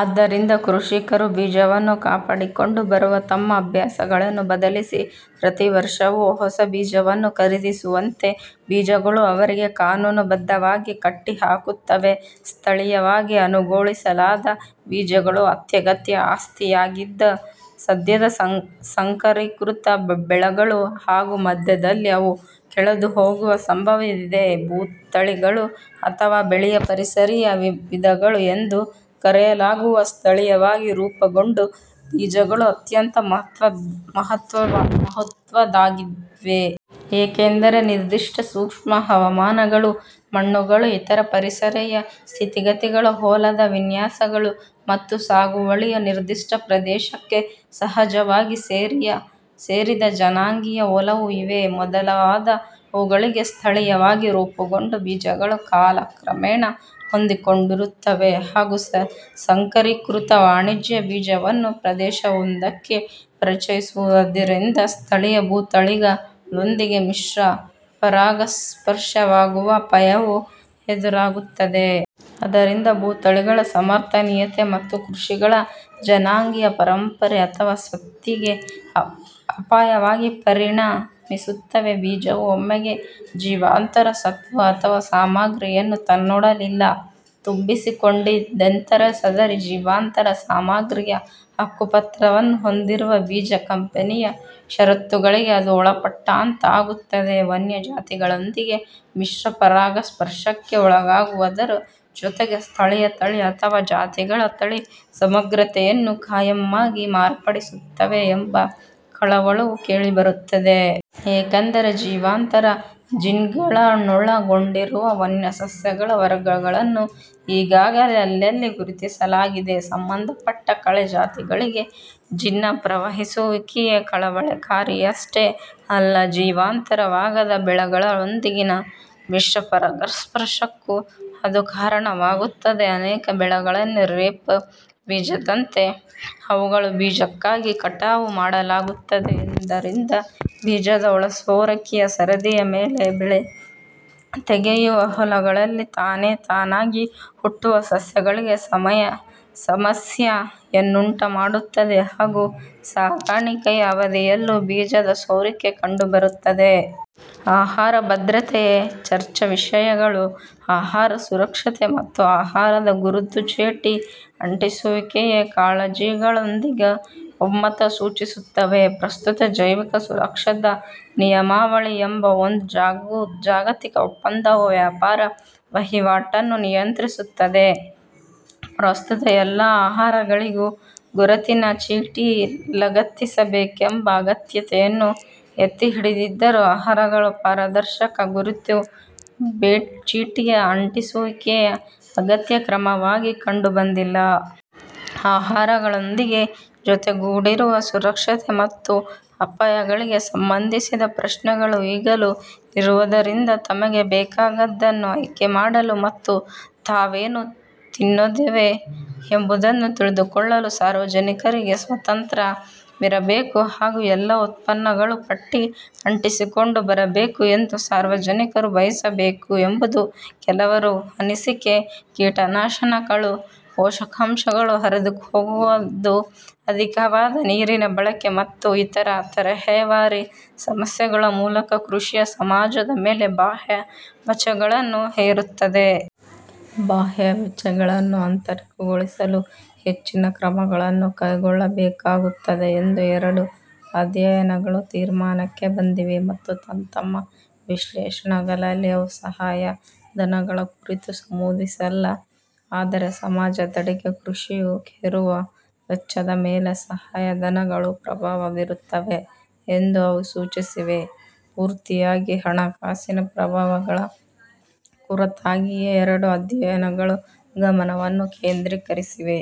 ಆದ್ದರಿಂದ, ಕೃಷಿಕರು ಬೀಜವನ್ನು ಕಾಪಾಡಿಕೊಂಡು ಬರುವ ತಮ್ಮ ಅಭ್ಯಾಸಗಳನ್ನು ಬದಲಿಸಿ, ಪ್ರತಿ ವರ್ಷವೂ ಹೊಸ ಬೀಜವನ್ನು ಖರೀದಿಸುವಂತೆ ಬೀಜಗಳು ಅವರಿಗೆ ಕಾನೂನುಬದ್ಧವಾಗಿ ಕಟ್ಟಿಹಾಕುತ್ತವೆ. ಸ್ಥಳಿಯವಾಗಿ ಅನುಗೊಳಿಸಲಾದ ಬೀಜಗಳು ಅತ್ಯಗತ್ಯ ಆಸ್ತಿಯಾಗಿದ್ದು, ಸದ್ಯದ ಸಂಕರೀಕೃತ ಬೆಳೆಗಳು ಹಾಗೂ ಮಧ್ಯದಲ್ಲಿ ಅವು ಕಳೆದುಹೋಗುವ ಸಂಭವವಿದೆ. ಭೂ ತಳಿಗಳು ಅಥವಾ ಬೆಳೆಯ ಪರಿಸರೀಯ-ವಿಧಗಳು ಎಂದೂ ಕರೆಯಲಾಗುವ ಸ್ಥಳೀಯವಾಗಿ ರೂಪುಗೊಂಡ ಬೀಜಗಳು ಅತ್ಯಂತ ಮಹತ್ತ್ವದ್ದಾಗಿವೆ. ಏಕೆಂದರೆ, ನಿರ್ದಿಷ್ಟ ಸೂಕ್ಷ್ಮ ಹವಾಮಾನಗಳು, ಮಣ್ಣುಗಳು, ಇತರ ಪರಿಸರೀಯ ಸ್ಥಿತಿಗತಿಗಳು, ಹೊಲದ ವಿನ್ಯಾಸಗಳು, ಮತ್ತು ಸಾಗುವಳಿಯ ನಿರ್ದಿಷ್ಟ ಪ್ರದೇಶಕ್ಕೆ ಸಹಜವಾಗಿ ಸೇರಿದ ಜನಾಂಗೀಯ ಒಲವು ಇವೇ ಮೊದಲಾದವುಗಳಿಗೆ ಸ್ಥಳೀಯವಾಗಿ ರೂಪುಗೊಂಡ ಬೀಜಗಳು ಕಾಲಕ್ರಮೇಣ ಹೊಂದಿಕೊಂಡಿರುತ್ತವೆ. ಹಾಗೂ ಸಂಕರೀಕೃತ ವಾಣಿಜ್ಯ ಬೀಜವನ್ನು ಪ್ರದೇಶವೊಂದಕ್ಕೆ ಪರಿಚಯಿಸುವುದರಿಂದ, ಸ್ಥಳೀಯ ಭೂ ತಳಿಗಳೊಂದಿಗೆ ಮಿಶ್ರ-ಪರಾಗಸ್ಪರ್ಶವಾಗುವ ಅಪಾಯವು ಎದುರಾಗುತ್ತದೆ. ಆದ್ದರಿಂದ, ಭೂ ತಳಿಗಳ ಸಮರ್ಥನೀಯತೆ ಮತ್ತು ಕೃಷಿಗಳ ಜನಾಂಗೀಯ ಪರಂಪರೆ ಅಥವಾ ಸ್ವತ್ತಿಗೆ ಅಪಾಯವಾಗಿ ಪರಿಣಮಿಸುತ್ತವೆ. ಬೀಜವು ಒಮ್ಮೆಗೆ ಜೀವಾಂತರ ಸತ್ವ ಅಥವಾ ಸಾಮಗ್ರಿಯನ್ನು ತನ್ನೊಡಲಲ್ಲಿ ತುಂಬಿಸಿಕೊಂಡಿತೆಂದರೆ, ಸದರಿ ಜೀವಾಂತರ ಸಾಮಗ್ರಿಯ ಹಕ್ಕುಪತ್ರವನ್ನು ಹೊಂದಿರುವ ಬೀಜ ಕಂಪನಿಯ ಷರತ್ತುಗಳಿಗೆ ಅದು ಒಳಪಟ್ಟಂತಾಗುತ್ತದೆ. ವನ್ಯ ಜಾತಿಗಳೊಂದಿಗೆ ಮಿಶ್ರ-ಪರಾಗಸ್ಪರ್ಶಕ್ಕೆ ಒಳಗಾಗುವುದರ ಜೊತೆಗೆ, ಸ್ಥಳೀಯ ತಳಿ ಅಥವಾ ಜಾತಿಗಳ ತಳಿ ಸಮಗ್ರತೆಯನ್ನು ಖಾಯಮ್ಮಾಗಿ ಮಾರ್ಪಡಿಸುತ್ತವೆ ಎಂಬ ಕಳವಳವೂ ಕೇಳಿಬರುತ್ತಿದೆ. ಏಕೆಂದರೆ, ಜೀವಾಂತರ ಜೀನ್ಗಳನ್ನೊಳಗೊಂಡಿರುವ ವನ್ಯ ಸಸ್ಯಗಳ ವರ್ಗಗಳನ್ನು ಈಗಾಗಲೇ ಅಲ್ಲಲ್ಲಿ ಗುರುತಿಸಲಾಗಿದೆ. ಸಂಬಂಧಪಟ್ಟ ಕಳೆ ಜಾತಿಗಳಿಗೆ ಜೀನ್ನ ಪ್ರವಹಿಸುವಿಕೆಯು ಕಳವಳಕಾರಿಯಷ್ಟೇ ಅಲ್ಲ, ಜೀವಾಂತರವಾಗದ ಬೆಳೆಗಳೊಂದಿಗಿನ ಮಿಶ್ರ-ಪರಾಗಸ್ಪರ್ಶಕ್ಕೂ ಅದು ಕಾರಣವಾಗುತ್ತದೆ. ಅನೇಕ ಬೆಳೆಗಳನ್ನು ರೇಪ್ ಬೀಜದಂತೆ ಅವುಗಳ ಬೀಜಕ್ಕಾಗಿ ಕಟಾವು ಮಾಡಲಾಗುತ್ತದೆಯಾದ್ದರಿಂದ, ಬೀಜದ ಒಳ-ಸೋರಿಕೆಯು ಸರದಿಯ ಮೇಲೆ ಬೆಳೆ ತೆಗೆಯುವ ಹೊಲಗಳಲ್ಲಿ ತಾನೇತಾನಾಗಿ ಹುಟ್ಟುವ ಸಸ್ಯಗಳಿಗೆ ಸಮಸ್ಯೆಯನ್ನುಂಟುಮಾಡುತ್ತದೆ, ಹಾಗೂ ಸಾಗಾಣಿಕೆಯ ಅವಧಿಯಲ್ಲೂ ಬೀಜದ-ಸೋರಿಕೆ ಕಂಡುಬರುತ್ತದೆ. ಆಹಾರ ಭದ್ರತೆಯ ಚರ್ಚಾವಿಷಯಗಳು ಆಹಾರ ಸುರಕ್ಷತೆ ಮತ್ತು ಆಹಾರದ ಗುರುತುಚೀಟಿ ಅಂಟಿಸುವಿಕೆಯ ಕಾಳಜಿಗಳೊಂದಿಗೂ ಒಮ್ಮತ ಸೂಚಿಸುತ್ತವೆ. ಪ್ರಸ್ತುತ ಜೈವಿಕ ಸುರಕ್ಷತಾ ನಿಯಮಾವಳಿ ಎಂಬ ಒಂದು ಜಾಗತಿಕ ಒಪ್ಪಂದವು ವ್ಯಾಪಾರ-ವಹಿವಾಟನ್ನು ನಿಯಂತ್ರಿಸುತ್ತದೆ. ಪ್ರಸ್ತುತ ಎಲ್ಲಾ ಆಹಾರಗಳಿಗೂ ಗುರುತಿನ ಚೀಟಿ ಲಗತ್ತಿಸಬೇಕೆಂಬ ಅಗತ್ಯತೆಯನ್ನು ಎತ್ತಿಹಿಡಿದಿದ್ದರೆ, ಆಹಾರಗಳ ಪಾರದರ್ಶಕ ಗುರುತು ಚೀಟಿಯ ಅಂಟಿಸುವಿಕೆಯು ಅಗತ್ಯ ಕ್ರಮವಾಗಿ ಕಂಡುಬಂದಿಲ್ಲ. ಆಹಾರಗಳೊಂದಿಗೆ ಜೊತೆಗೂಡಿರುವ ಸುರಕ್ಷತೆ ಮತ್ತು ಅಪಾಯಗಳಿಗೆ ಸಂಬಂಧಿಸಿದ ಪ್ರಶ್ನೆಗಳು ಈಗಲೂ ಇರುವುದರಿಂದ, ತಮಗೆ ಬೇಕಾದ್ದನ್ನು ಆಯ್ಕೆ ಮಾಡಲು ಮತ್ತು ತಾವೇನು ತಿನ್ನುತ್ತಿದ್ದೇವೆ ಎಂಬುದನ್ನು ತಿಳಿದುಕೊಳ್ಳಲು ಸಾರ್ವಜನಿಕರಿಗೆ ಸ್ವಾತಂತ್ರ್ಯವಿರಬೇಕು ಹಾಗೂ ಎಲ್ಲಾ ಉತ್ಪನ್ನಗಳೂ ಪಟ್ಟಿ ಅಂಟಿಸಿಕೊಂಡೇ ಬರಬೇಕು ಎಂದು ಸಾರ್ವಜನಿಕರು ಬಯಸಬೇಕು ಎಂಬುದು ಕೆಲವರ ಅನಿಸಿಕೆ. ಕೀಟನಾಶಕಗಳು, ಪೋಷಕಾಂಶಗಳು ಹರಿದುಹೋಗುವುದು, ಅಧಿಕವಾದ ನೀರಿನ ಬಳಕೆ, ಮತ್ತು ಇತರ ತರಹೇವಾರಿ ಸಮಸ್ಯೆಗಳ ಮೂಲಕ ಕೃಷಿಯು ಸಮಾಜದ ಮೇಲೆ ಬಾಹ್ಯ ವೆಚ್ಚಗಳನ್ನು ಹೇರುತ್ತದೆ. ಬಾಹ್ಯ ವೆಚ್ಚಗಳನ್ನು ಆಂತರಿಕಗೊಳಿಸಲು ಹೆಚ್ಚಿನ ಕ್ರಮಗಳನ್ನು ಕೈಗೊಳ್ಳಬೇಕಾಗುತ್ತದೆ ಎಂದು ಎರಡೂ ಅಧ್ಯಯನಗಳು ತೀರ್ಮಾನಕ್ಕೆ ಬಂದಿವೆ, ಮತ್ತು ತಂತಮ್ಮ ವಿಶ್ಲೇಷಣೆಗಳಲ್ಲಿ ಅವು ಸಹಾಯಧನಗಳ ಕುರಿತು ನಮೂದಿಸಿಲ್ಲ. ಆದರೆ ಸಮಾಜದೆಡೆಗೆ ಕೃಷಿಯು ಹೇರುವ ವೆಚ್ಚದ ಮೇಲೆ ಸಹಾಯಧನಗಳೂ ಪ್ರಭಾವ ಬೀರುತ್ತವೆ ಎಂದು ಅವು ಸೂಚಿಸಿವೆ. ಪೂರ್ತಿಯಾಗಿ ಹಣಕಾಸಿನ ಪ್ರಭಾವಗಳ ಕುರಿತಾಗಿಯೇ ಎರಡೂ ಅಧ್ಯಯನಗಳು ಗಮನವನ್ನು ಕೇಂದ್ರೀಕರಿಸಿವೆ.